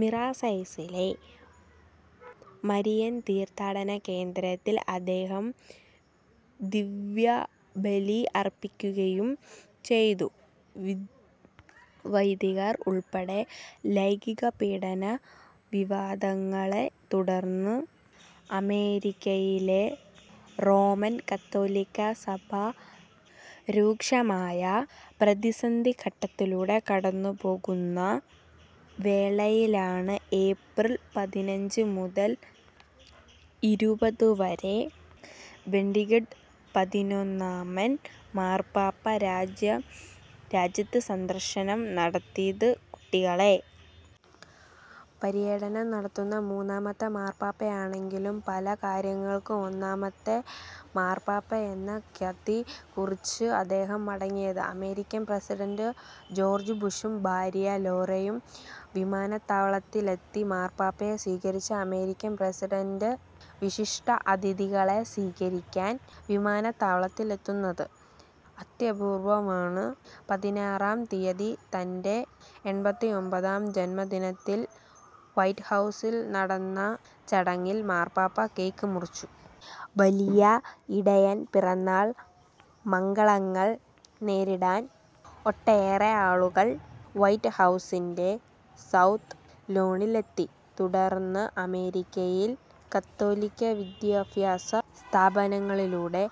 മിറാസൈസിലെ Marian തീർത്ഥാടന കേന്ദ്രത്തിൽ അദ്ദേഹം ദിവ്യബലി അർപ്പിക്കുകയും ചെയ്തു. വൈദികർ ഉൾപ്പെട്ട ലൈംഗിക പീഡന വിവാദങ്ങളെ തുടർന്ന് അമേരിക്കയിലെ റോമൻ കത്തോലിക്കാ സഭ രൂക്ഷമായ പ്രതിസന്ധിഘട്ടത്തിലൂടെ കടന്നുപോകുന്ന വേളയിലാണ് ഏപ്രിൽ പതിനഞ്ച് മുതൽ ഇരുപത് വരെ ബണ്ടിഗഡ് പതിനൊന്നാമൻ മാർപ്പാപ്പ രാജ്യത്ത് സന്ദർശനം നടത്തിയത്. കുട്ടികളെ പര്യടനം നടത്തുന്ന മൂന്നാമത്തെ മാർപ്പാപ്പയാണെങ്കിലും പല കാര്യങ്ങൾക്കും ഒന്നാമത്തെ മാർപ്പാപ്പ എന്ന ഖ്യാതി കുറിച്ച് അദ്ദേഹം മടങ്ങിയത്. അമേരിക്കൻ പ്രസിഡന്റ് ജോർജ് ബുഷും ബാര്യ ലോറയും വിമാനത്താവളത്തിലെത്തിയാണ് മാർപ്പാപ്പയെ സ്വീകരിച്ചത്. അമേരിക്കൻ പ്രസിഡന്റ് വിശിഷ്ട അതിഥികളെ സ്വീകരിക്കാൻ വിമാനത്താവളത്തിലെത്തുന്നത് അത്യപൂർവമാണ്. പതിനാറാം തീയതി തൻ്റെ എൺപത്തിയൊൻപതാം ജന്മദിനത്തിൽ വൈറ്റ് ഹൗസിൽ നടന്ന ചടങ്ങിൽ മാർപ്പാപ്പ കേക്ക് മുറിച്ചു. വലിയ ഇടയൻ പിറന്നാൾ മംഗളങ്ങൾ നേരിടാൻ ഒട്ടേറെ ആളുകൾ വൈറ്റ് ഹൗസിൻ്റെ സൗത്ത് ലോണിൽ എത്തി. തുടർന്ന് അമേരിക്കയിൽ കത്തോലിക്കാ വിദ്യാഭ്യാസ സ്ഥാപനങ്ങളിലൂടെ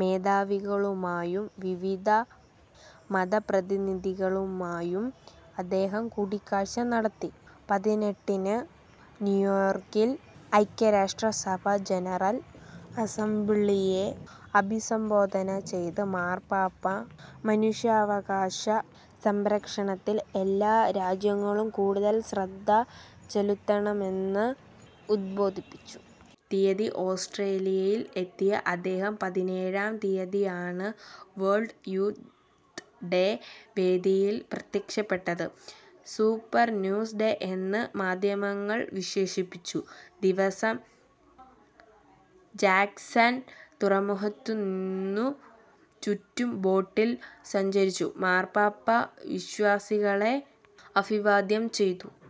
മേധാവികളുമായും വിവിധ മതപ്രതിനിധികളുമായും അദ്ദേഹം കൂടിക്കാഴ്ച നടത്തി. പതിനെട്ടിന് ന്യൂയോർക്കിൽ ഐക്യരാഷ്ട്രസഭാ ജനറൽ അസംബ്ലിയെ അഭിസംബോധന ചെയ്ത് മാർപ്പാപ്പ മനുഷ്യാവകാശ സംരക്ഷണത്തിൽ എല്ലാ രാജ്യങ്ങളും കൂടുതൽ ശ്രദ്ധ ചെലുത്തണമെന്ന് ഉദ്ബോധിപ്പിച്ചു. തീയതി ഓസ്ട്രേലിയയിൽ എത്തിയ അദ്ദേഹം പതിനേഴാം തീയതിയാണ് വേൾഡ് ന്യൂസ്‌ ഡേ വേദിയിൽ പ്രത്യക്ഷപ്പെട്ടത്. സൂപ്പർ ട്യൂസ്ഡേ എന്ന് മാധ്യമങ്ങൾ വിശേഷിപ്പിച്ച ദിവസം ജാക്സൺ തുറമുഖത്തുന്നു ചുറ്റും ബോട്ടിൽ സഞ്ചരിച്ച മാർപ്പാപ്പ വിശ്വാസികളെ അഭിവാദ്യം ചെയ്തു.